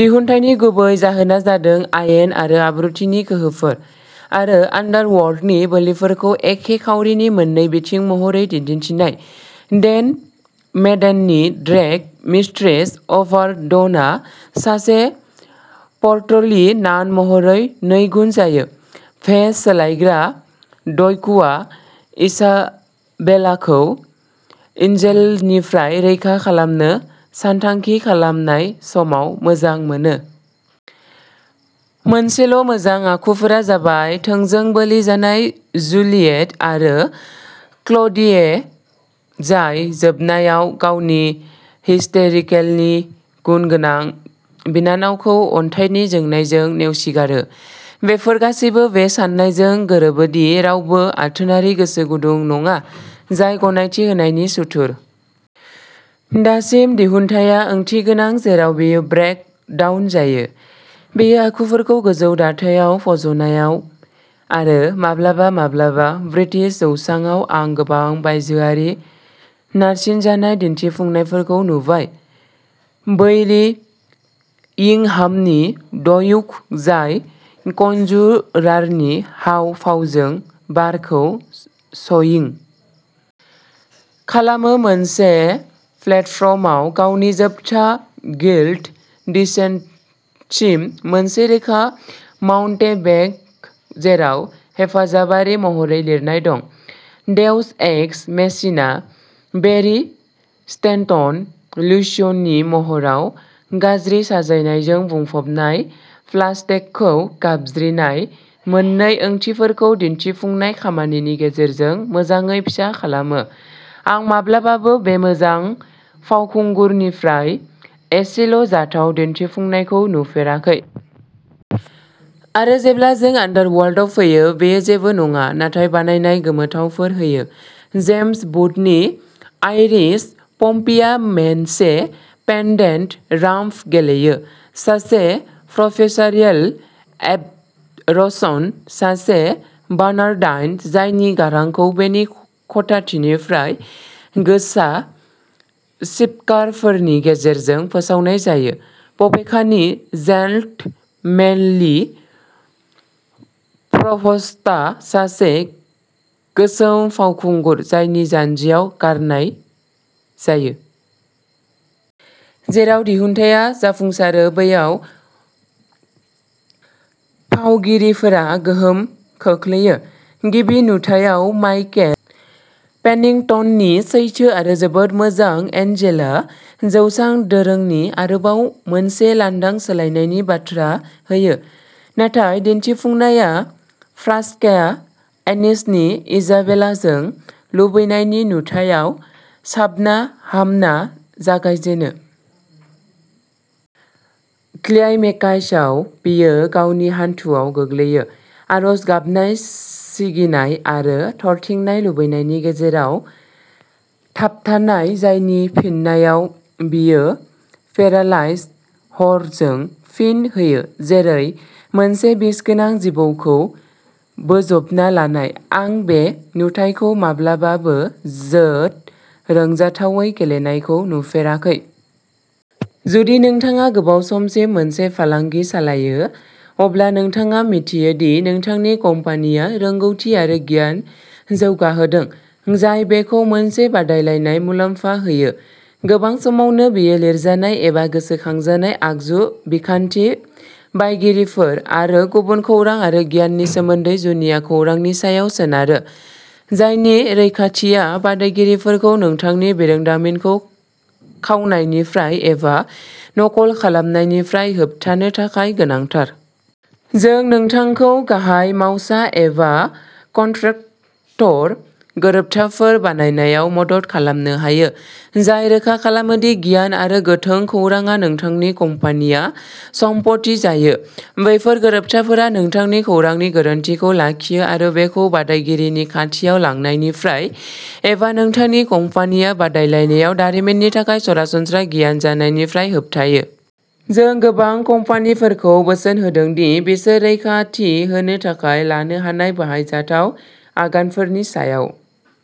दिहुनथायनि गुबै जाहोना जादों आयेन आरो आब्रुथिनि गोहोफोर आरो आन्डारवर्ल्डनि बोलिफोरखौ एखे खावरिनि मोन्नै बिथिं महरै दिन्थिनाय। डेन मेडेननि ड्रेग मिस्ट्रेस अभारडनआ सासे पोर्टलि नान महरै नैगुन जायो भेस सोलायग्रा ड्युकआ इसाबेलाखौ एन्जेल'निफ्राय रैखा खालामनो सानथांखि खालामनाय समाव मोजां मोनो। मोनसेल'मोजां आखुफोरा जाबाय थोंजों बोलि जानाय जुलियेट आरो क्ल'डिये जाय जोबनायाव गावनि हिस्टेरिकेलनि गुनगोनां बिनानावखौ अन्थाइनि जोंनायजों नेवसिगारो। बेफोर गासैबो बे साननायजों गोरोबो दि रावबो आथोनारि गोसो गुदुं नङा जाय गनायथि होनायनि सुथुर। दासिम, दिहुनथाया ओंथिगोनां जेराव बेयो ब्रेक डाउन जायो बेयो आखुफोरखौ गोजौ दाथायाव फज'नायाव; आरो माब्लाबा माब्लाबा ब्रिटिस जौसाङाव आं गोबां बायजोआरि नारसिनजानाय दिन्थिफुंनायफोरखौ नुबाय। बैरी इंगहामनि ड्युक, जाय कनज्युरारनि हाव भावजों बारखौ स'यिं खालामो मोनसे प्लेटफर्मआव गावनि जोबथा गिल्डड डिसेन्टसिम मोनसे रोखा माउन्टेबेंक जेराव हेफाजाबारि महरै लिरनाय दं देउस एक्स मेचिना बेरि स्टेनटन लुसिय'नि महराव गाज्रि साजायनायजों बुंफबनाय फाल्सेट्ट'खौ गाबज्रिनाय मोननै ओंथिफोरखौ दिनथिफुंनाय खामानिनि गेजेरजों मोजाङै फिसा खालामो आं माब्लाबाबो बे मोजां फावखुंगुरनिफ्राय एसेल'जाथाव दिन्थिफुंनायखौ नुफेराखै। आरो जेब्ला जों आन्डारवर्ल्डआव फैयो बेयो जेबो नङा नाथाय बानायनाय गोमोथावफोर होयो जेम्स बुथनि आइरिश पम्पीआ मोनसे पेण्डेड राम्प गेलेयो सासे प्रफेसारियेल एबरसन, सासे बार्नाडाइन जायनि गारांखौ बिनि खथानिफ्राय गोसा स्पिकारफोरनि गेजेरजों फोसावनाय जायो बबेखानि जेन्टलमेनलि प्रभस्टआ सासे गोसोम फावखुंगुर जायनि जान्जियाव गारनाय जायो। जेराव दिहुनथाया जाफुंसारो, बैयाव फावगिरिफोरा गोहोम खोख्लैयो। गिबि नुथायाव माइकेल पेनिंगटननि सैथो आरो जोबोद मोजां एन्जेल'आ जौसां दोरोंनि आरोबाव मोनसे लांदां सोलायनायनि बाथ्रा होयो नाथाय दिन्थिफुंनाया फ्रान्सेस्का एनिसनि इसाबेलाजों लुबैनायनि नुथायाव साबना-हामना जागायजेनो। क्लाइम्याक्सआव बियो गावनि हान्थुआव गोग्लैयो, आरज गाबनाय सिगिनाय आरो थरथिंनाय लुबैनायनि गेजेराव थाबथानान जायनि फिननायाव बियो पेरालाइज्ड हररजों फिन होयो जेरै मोनसे बिसगोनां जिबौखौ बोजबना लानाय। आं बे नुथायखौ माब्लाबाबोबोजोद रंजाथावै गेलेनायखौ नुफेराखै। जुदि नोंथाङा गोबाव समसिम मोनसे फालांगि सालायो अब्ला नोंथाङा मिन्थियो दि नोंथांनि कम्पानिया रोंग'थि आरो गियान जौगाहोदों जाय बेखौ मोनसे बादायलायनाय मुलाम्फा होयो। गोबां समावनो बेयो लिरजानाय एबा गोसोखांजानाय आगजु, बिखान्थि, बायगिरिफोर, आरो गुबुन खौरां आरो गियाननि सोमोन्दै जुनिया खौरांनि सायाव सोनारो जायनि रैखाथिआ बादायगिरिफोरखौ नोंथांनि बिरोंदामिनखौ खावनायनिफ्राय एबा नकल खालामनायनिफ्राय होबथानो थाखाय गोनांथार। जों नोंथांखौ गाहाय मावसा एबा कन्ट्राक्टर गोरोबथाफोर बानायनायाव मदद खालामनो हायो जाय रोखा खालामो दि गियान आरो गोथों खौरांआ नोंथांनि कम्पानिया सम्पथि जायो। बेफोर गोरोबथाफोरा नोंथांनि खौरांनि गोरोनथिखौ लाखियो आरो बेखौ बादायगिरिनि खाथियाव लांनायनिफ्राय एबा नोंथांनि कम्पानिया बादायलायनायाव दारिमिननि थाखाय सरासनस्रा गियान जानायनिफ्राय होबथायो। जों गोबां कम्पानिफोरखौ बोसोन होदों दि बिसोर रैखाथि होनो थाखाय लानो हानाय बाहायजाथाव आगानफोरनि सायाव।